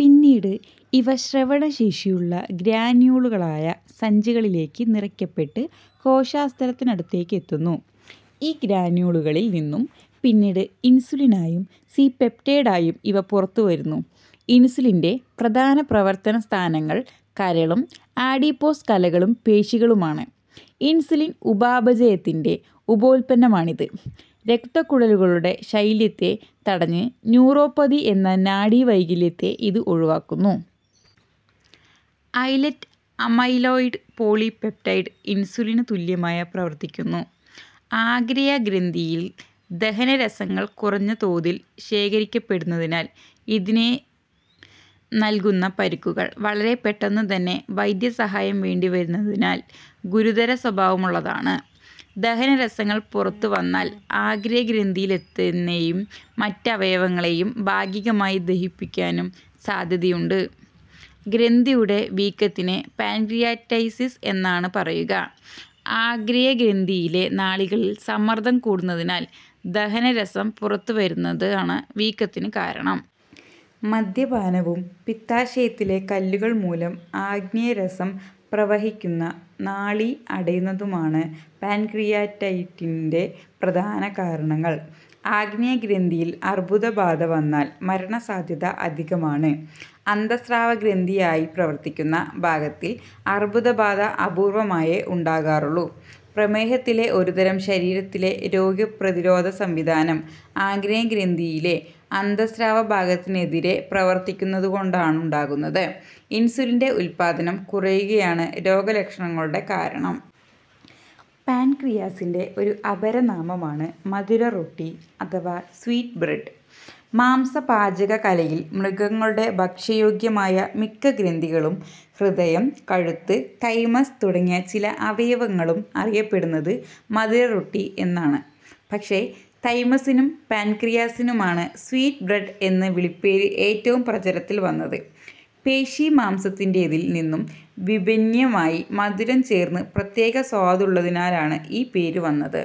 പിന്നീട് ഇവ സ്രവണശേഷിയുള്ള ഗ്രാന്യൂളുകളായ സഞ്ചികളിലേയ്ക്ക് നിറയ്ക്കപ്പെട്ട് കോശസ്തരത്തിനടുത്തേയ്ക്കെത്തുന്നു. ഈ ഗ്രാന്യൂളുകളിൽ നിന്നും പിന്നീട് ഇൻസുലിനായും സി-പെപ്റ്റൈഡായും ഇവ പുറത്തുവരുന്നു. ഇൻസുലിന്റെ പ്രധാന പ്രവർത്തന സ്ഥാനങ്ങൾ കരളും ആഡിപ്പോസ് കലകളും പേശികളുമാണ്. ഇൻസുലിൻ ഉപാപചയത്തിന്റെ ഉപോൽപ്പന്നമാണിത്. രക്തക്കുഴലുകളുടെ ശൈല്യത്തെ തടഞ്ഞ് ന്യൂറോപ്പതി എന്ന നാഡീവൈകല്യത്തെ ഇത് ഒഴിവാക്കുന്നു. ഐലറ്റ് അമൈലോയിഡ് പോളിപെപ്റ്റൈഡ് ഇൻസുലിന് തുല്യമായി പ്രവർത്തിക്കുന്നു. ആഗ്നേയഗ്രന്ഥിയിൽ ദഹനരസങ്ങൾ കുറഞ്ഞ തോതിൽ ശേഘരിക്കപ്പെടുന്നതിനാൽ ഇതിന് പരിക്കുകൾ വളരെ പെട്ടെന്നുതന്നെ വൈദ്യസഹായം വേണ്ടിവരുന്നതരത്തിൽ ഗുരുതരസ്വഭാവമുള്ളതാണ്. ദഹനരസങ്ങൾ പുറത്തുവന്നാൽ ആഗ്നേയഗ്രന്ഥിയെത്തെന്നെയും മറ്റവയവങ്ങളെയും ഭാഗികമായി ദഹിപ്പിക്കാനും സാദ്ധ്യതയുണ്ട്. ഗ്രന്ഥിയുടെ വീക്കത്തിനെ പാൻക്രിയാറ്റൈറ്റിസ് എന്നാണ് പറയുക. ആഗ്നേയഗ്രന്ഥിയിലെ നാളികളിൽ സമ്മർദ്ദം കൂടുന്നതിനാൽ ദഹനരസം പുറത്തു വരുന്നതാണ് വീക്കത്തിന് കാരണം. മദ്യപാനവും പിത്താശയത്തിലെ കല്ലുകൾ മൂലം ആഗ്നേയരസം പ്രവഹിക്കുന്ന നാളി അടയുന്നതുമാണ് പാൻക്രിയാറ്റൈറ്റിന്റെ പ്രധാന കാരണങ്ങൾ. ആഗ്നേയഗ്രന്ഥിയിൽ അർബുദബാധ വന്നാൽ മരണസാദ്ധ്യത അധികമാണ്. അന്തഃസ്രാവഗ്രന്ഥിയായി പ്രവർത്തിക്കുന്ന ഭാഗത്തിൽ അർബുദബാധ അപൂർവമായേ ഉണ്ടാകാറുള്ളൂ. പ്രമേഹത്തിലെ ഒരുതരം ശരീരത്തിലെ രോഗപ്രതിരോധസംവിധാനം ആഗ്നേയഗ്രന്ഥിയിലെ അന്തഃസ്രാവഭാഗത്തിനെതിരേ പ്രവർത്തിക്കുന്നതുകൊണ്ടാണുണ്ടാകുന്നത്. ഇൻസുലിന്റെ ഉത്പാദനം കുറയുകയാണ് രോഗലക്ഷണങ്ങളുടെ കാരണം. പാൻക്രിയാസിന്റെ ഒരു അപരനാമമാണു് മധുര റൊട്ടി അഥവാ സ്വീറ്റ് ബ്രെഡ്. മാംസപാചകകലയിൽ മൃഗങ്ങളുടെ ഭക്ഷ്യയോഗ്യമായ മിക്ക ഗ്രന്ഥികളും ഹൃദയം, കഴുത്ത്, തൈമസ് തുടങ്ങിയ ചില അവയവങ്ങളും അറിയപ്പെടുന്നതു് മധുരറൊട്ടി എന്നാണു്. പക്ഷേ, തൈമസ്സിനും പാൻക്രിയാസിനുമാണു് സ്വീറ്റ് ബ്രെഡ് എന്ന വിളിപ്പേരു് ഏറ്റവും പ്രചരത്തിൽ വന്നതു്. പേശീമാംസത്തിന്റേതിൽ നിന്നും വിഭിന്നമായി, മധുരം ചേർന്ന പ്രത്യേക സ്വാദുള്ളതിനാലാണു് ഈ പേരു വന്നതു്.